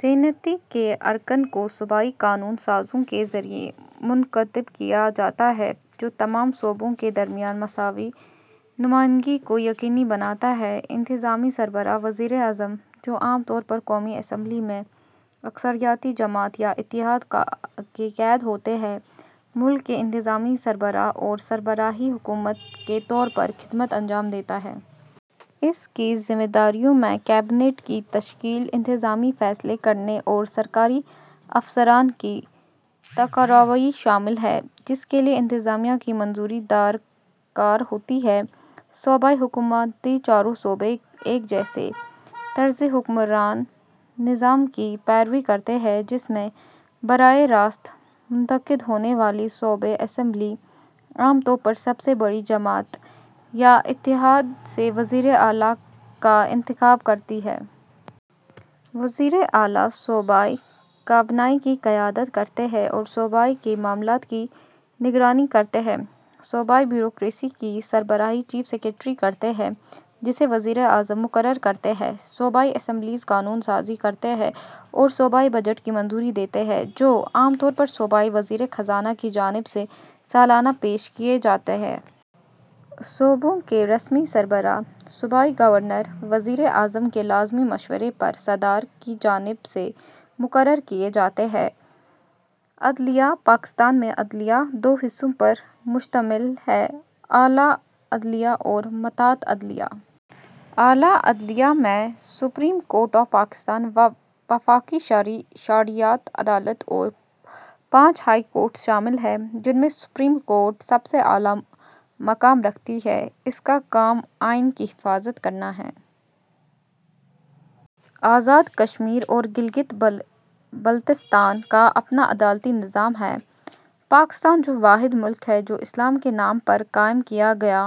Senate کے ارکان کو صوبائی قانون سازوں کے ذریعے منتخب کیا جاتا ہے، جو تمام صوبوں کے درمیان مساوی نمائندگی کو یقینی بناتا ہے۔ انتظامی سربراہ: وزیر اعظم، جو عام طور پر قومی اسمبلی میں اکثریتی جماعت یا اتحاد کا قائد ہوتا ہے، ملک کے انتظامی سربراہ اور سربراہ حکومت کے طور پر خدمات انجام دیتا ہے۔ اس کی ذمہ داریوں میں کابینہ کی تشکیل، انتظامی فیصلے کرنا اور سینئر سرکاری افسران کی تقرری شامل ہے، جس کے لیے انتظامیہ کی منظوری درکار ہوتی ہے۔ صوبائی حکومتیں: چاروں صوبے ایک جیسے طرز حکمرانی کے نظام کی پیروی کرتے ہیں، جس میں براہ راست منتخب ہونے والی صوبائی اسمبلی، عام طور پر سب سے بڑی جماعت یا اتحاد سے وزیر اعلیٰ کا انتخاب کرتی ہے۔ وزرائے اعلیٰ صوبائی کابینہ کی قیادت کرتے ہیں اور صوبے کے معاملات کی نگرانی کرتے ہیں۔ صوبائی بیوروکریسی کی سربراہی چیف سیکرٹری کرتا ہے، جسے وزیر اعظم مقرر کرتے ہیں۔ صوبائی اسمبلیاں قانون سازی کرتی ہیں اور صوبائی بجٹ کی منظوری دیتی ہیں، جو عام طور پر صوبائی وزیر خزانہ کی جانب سے سالانہ پیش کیا جاتا ہے۔ صوبوں کے رسمی سربراہ، صوبائی گورنر، وزیر اعظم کے لازمی مشورے پر صدر کی جانب سے مقرر کیے جاتے ہیں۔ عدلیہ: پاکستان میں عدلیہ دو حصوں پر مشتمل ہے: اعلیٰ عدلیہ اور ماتحت عدلیہ۔ اعلیٰ عدلیہ میں سپریم کورٹ آف پاکستان، وفاقی شرعی عدالت اور پانچ ہائی کورٹس شامل ہیں، جن میں سپریم کورٹ سب سے اعلیٰ مقام رکھتی ہے۔ اس کا کام آئین کی حفاظت کرنا ہے۔ آزاد کشمیر اور گلگت بلتستان کا اپنا عدالتی نظام ہے۔ پاکستان، جو واحد ملک ہے جو اسلام کے نام پر قائم کیا گیا،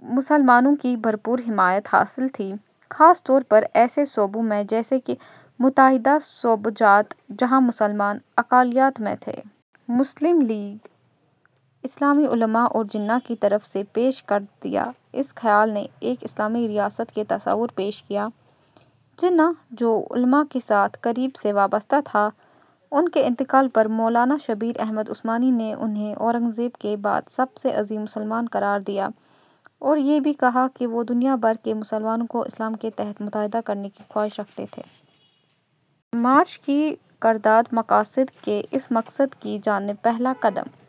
کو مسلمانوں کی بھرپور حمایت حاصل تھی، خاص طور پر ایسے صوبوں میں جیسے کہ متحدہ صوبہ جات، جہاں مسلمان اقلیت میں تھے۔ مسلم لیگ، اسلامی علما اور جناح کی طرف سے پیش کردہ اس خیال نے ایک اسلامی ریاست کا تصور پیش کیا۔ جناح، جو علما کے ساتھ قریب سے وابستہ تھے، ان کے انتقال پر مولانا شبیر احمد عثمانی نے انھیں اورنگزیب کے بعد سب سے عظیم مسلمان قرار دیا اور یہ بھی کہا کہ وہ دنیا بھر کے مسلمانوں کو اسلام کے تحت متحد کرنے کی خواہش رکھتے تھے۔ مارچ کی قراردادِ مقاصد نے اس مقصد کی جانب پہلا قدم۔